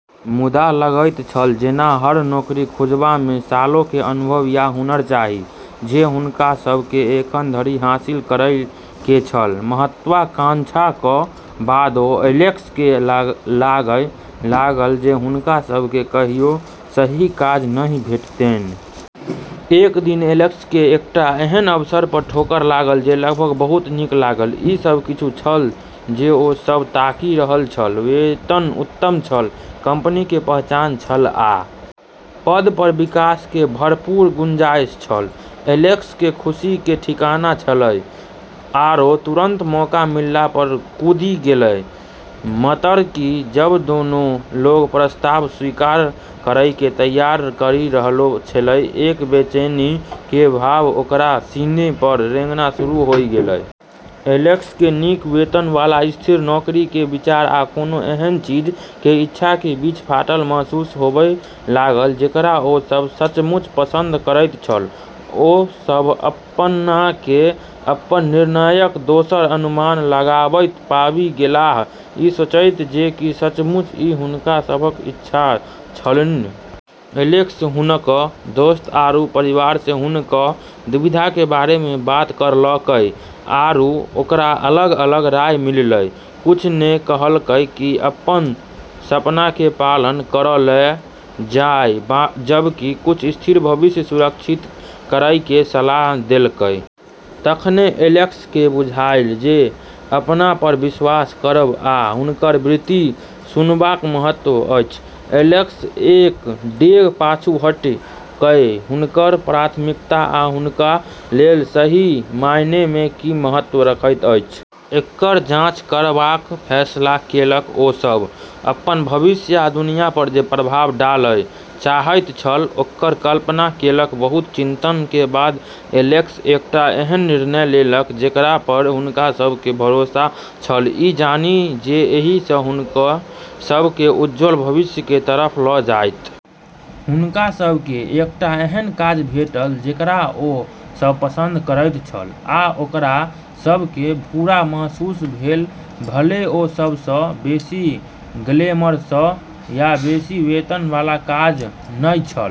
मुदा लगैत छल जेना हर नौकरी खुजबा मे सालों के अनुभव या हुनर चाही जे हुनका सब के एखन धरि हासिल करय के छल, महत्वाकांक्षाक बादो एलेक्स केँ लागय लागल जे हुनका सभ केँ कहियो सही काज नहि भेटतनि। एक दिन एलेक्स के एकटा एहन अवसर पर ठोकर लागल जे लगभग बहुत नीक लागल, ई सब किछु छल जे ओ सब ताकि रहल छल वेतन उत्तम छल, कंपनी के पहचान छल आ पद पर विकास के भरपूर गुंजाइश छल, एलेक्स के खुशी के ठिकाना छेलै आरो तुरंत मौका मिलला पर कूदी गेलै, मतरकि जबे दोनों लोग प्रस्ताव स्वीकार करै के तैयारी करी रहलो छेलै, एक बेचैनी के भाव ओकरा सिनी पर रेंगना शुरू होय गेलै। एलेक्स के नीक वेतन वाला स्थिर नौकरी के विचार आ कोनो एहन चीज के इच्छा के बीच फाटल महसूस होबय लागल जेकरा ओ सब सचमुच पसंद करैत छल ओ सभ अपना केँ अपन निर्णयक दोसर अनुमान लगाबैत पाबि गेलाह, ई सोचैत जे की सचमुच ई हुनका सभक इच्छा छलनि। एलेक्स हुनकऽ दोस्त आरू परिवार से हुनकऽ दुविधा के बारे मे बात करलकै आरू ओकरा अलग-अलग राय मिललै, कुछ नै कहलकै कि अपनऽ सपना के पालन करलऽ जाय जबकि कुछ स्थिर भविष्य सुरक्षित करै के सलाह देलकै। तखने एलेक्स के बुझायल जे अपना पर विश्वास करब आ हुनकर वृत्ति सुनबाक महत्व अछि, एलेक्स एक डेग पाछू हटि कए हुनकर प्राथमिकता आ हुनका लेल सही मायने मे की महत्व रखैत अछि, एकर जांच करबाक फैसला केलक ओ सब अपन भविष्य आ दुनिया पर जे प्रभाव डालय चाहैत छल ओकर कल्पना केलक, बहुत चिंतन के बाद एलेक्स एकटा एहन निर्णय लेलक जेकरा पर हुनका सब के भरोसा छल, ई जानि जे एहि स हुनका सब के उज्जवल भविष्य के तरफ ल जायत। हुनका सब के एकटा एहन काज भेटल जेकरा ओ सब पसंद करैत छल आ ओकरा सब के पूरा महसूस भेल, भले ओ सबस बेसी ग्लैमरस या बेसी वेतन वाला काज नै छल।